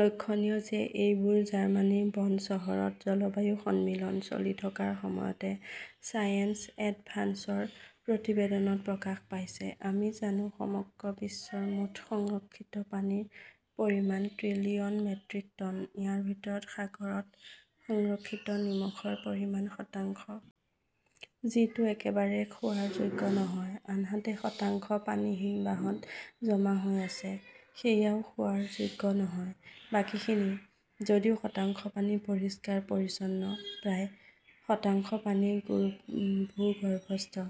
লক্ষণীয় যে এইবোৰ জাৰ্মানীৰ বন চহৰত জলবায়ু সন্মিলন চলি থকাৰ সময়তে ছায়েন্স এডভান্সছৰ প্ৰতিবেদনত প্ৰকাশ পাইছে। আমি জানো, সমগ্ৰ বিশ্বৰ মুঠ সংৰক্ষিত পানীৰ পৰিমাণ ট্ৰিলিয়ন মেট্ৰিক টন। ইয়াৰ ভিতৰত সাগৰত সংৰক্ষিত নিমখৰ পৰিমাণ শতাংশ। যিটো একেবাৰে খোৱাৰ যোগ্য নহয়। আনহাতে, শতাংশ পানী হিমবাহত জমা হৈ আছে। সেয়াও খোৱাৰ যোগ্য নহয়। বাকীখিনি। যদিও শতাংশ পানী পৰিষ্কাৰ-পৰিচ্ছন্ন, প্ৰায়। শতাংশ পানী ভূগৰ্ভস্থ।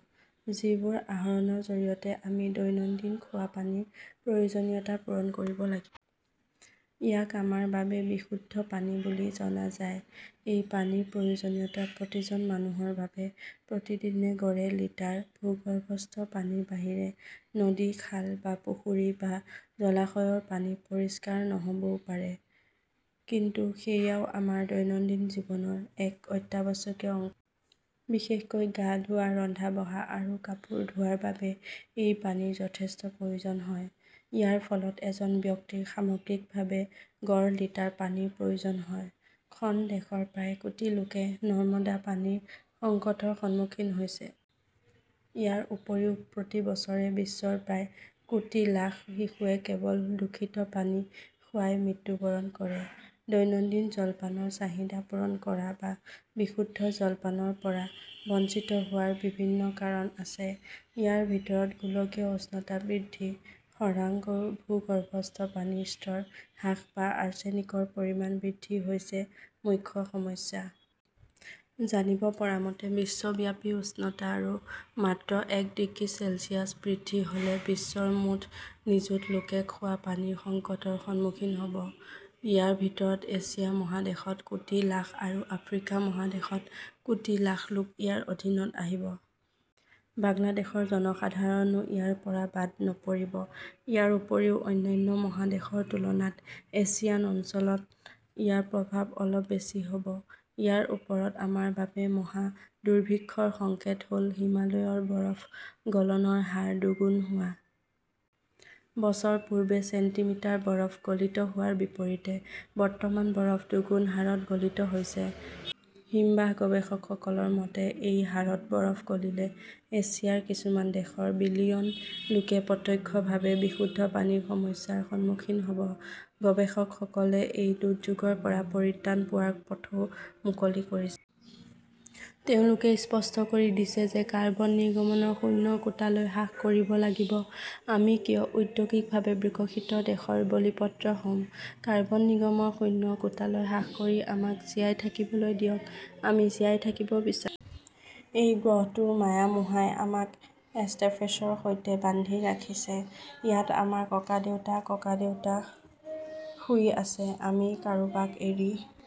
যিবোৰ আহৰণৰ জৰিয়তে আমি দৈনন্দিন খোৱা পানীৰ প্ৰয়োজনীয়তা পূৰণ কৰিব লাগিব। ইয়াক আমাৰ বাবে বিশুদ্ধ পানী বুলি জনা যায়। এই পানীৰ প্ৰয়োজনীয়তা প্ৰতিজন মানুহৰ বাবে প্ৰতিদিনে গড়ে লিটাৰ। ভূগৰ্ভস্থ পানীৰ বাহিৰে নদী, খাল বা পুখুৰী বা জলাশয়ৰ পানী পৰিষ্কাৰ নহ 'বও পাৰে। কিন্তু সেয়াও আমাৰ দৈনন্দিন জীৱনৰ এক অত্যাৱশ্যকীয় অংশ। বিশেষকৈ গা ধোৱা, ৰন্ধা-বঢ়া আৰু কাপোৰ ধোৱাৰ বাবে এই পানীৰ যথেষ্ট প্ৰয়োজন হয়। ইয়াৰ ফলত এজন ব্যক্তিৰ সামগ্ৰিকভাৱে গড় লিটাৰ পানীৰ প্ৰয়োজন হয়। খন দেশৰ প্ৰায় কোটি লোকে নৰ্দমা পানীৰ সংকটৰ সন্মুখীন হৈছে। ইয়াৰ উপৰিও প্ৰতি বছৰে বিশ্বৰ প্ৰায় কোটি লাখ শিশুৱে কেৱল দূষিত পানী খোৱাই মৃত্যুবৰণ কৰে। দৈনন্দিন জলপানৰ চাহিদা পূৰণ কৰা বা বিশুদ্ধ জলপানৰ পৰা বঞ্চিত হোৱাৰ বিভিন্ন কাৰণ আছে। ইয়াৰ ভিতৰত গোলকীয় উষ্ণতা বৃদ্ধি, খৰাং, ভূগৰ্ভস্থ পানীৰ স্তৰ হ্ৰাস বা আৰ্ছেনিকৰ পৰিমাণ বৃদ্ধি হৈছে মুখ্য সমস্যা। জানিব পৰা মতে, বিশ্বব্যাপী উষ্ণতা আৰু মাত্ৰ এক ডিগ্ৰী চেলছিয়াছ বৃদ্ধি হ "লে বিশ্বৰ মুঠ নিযুত লোকে খোৱা পানীৰ সংকটৰ সন্মুখীন হ" ব। ইয়াৰ ভিতৰত এছিয়া মহাদেশত কোটি লাখ আৰু আফ্ৰিকা মহাদেশত কোটি লাখ লোক ইয়াৰ অধীনত আহিব। বাংলাদেশৰ জনসাধাৰণো ইয়াৰ পৰা বাদ নপৰিব। ইয়াৰ উপৰিও অন্যান্য মহাদেশৰ তুলনাত এছিয়ান অঞ্চলত ইয়াৰ প্ৰভাৱ অলপ বেছি হ "ব। ইয়াৰ ওপৰত আমাৰ বাবে মহা দুৰ্ভিক্ষৰ সংকেত হ "ল হিমালয়ৰ বৰফ গলনৰ হাৰ দুগুণ হোৱা। বছৰ পূৰ্বে চেণ্টিমিটাৰ বৰফ গলিত হোৱাৰ বিপৰীতে বৰ্তমান বৰফ দুগুণ হাৰত গলিত হৈছে। হিমবাহ গৱেষকসকলৰ মতে-এই হাৰত বৰফ গলিলে এছিয়াৰ কিছুমান দেশৰ বিলিয়ন লোকে প্ৰত্যক্ষভাৱে বিশুদ্ধ পানীৰ সমস্যাৰ সন্মুখীন হ 'ব। গৱেষকসকলে এই দুৰ্যোগৰ পৰা পৰিত্ৰাণ পোৱাৰ পথও মুকলি কৰিছে। তেওঁলোকে স্পষ্ট কৰি দিছে যে কাৰ্বন নিৰ্গমন শূন্যৰ কোটালৈ হ্ৰাস কৰিব লাগিব। আমি কিয় ঔদ্যোগিকভাৱে বিকশিত দেশৰ বলিপত্ৰ হ 'ম! কাৰ্বন নিৰ্গমন শূন্যৰ কোটালৈ হ্ৰাস কৰি আমাক জীয়াই থাকিবলৈ দিয়ক; আমি জীয়াই থাকিব বিচাৰো। এই গ্ৰহটোৰ মায়ামোহাই আমাক এষ্টেফেচৰ সৈতে বান্ধি ৰাখিছে। ইয়াত আমাৰ ককাদেউতা-ককাদেউতা শুই আছে। আমি কাৰোবাক এৰি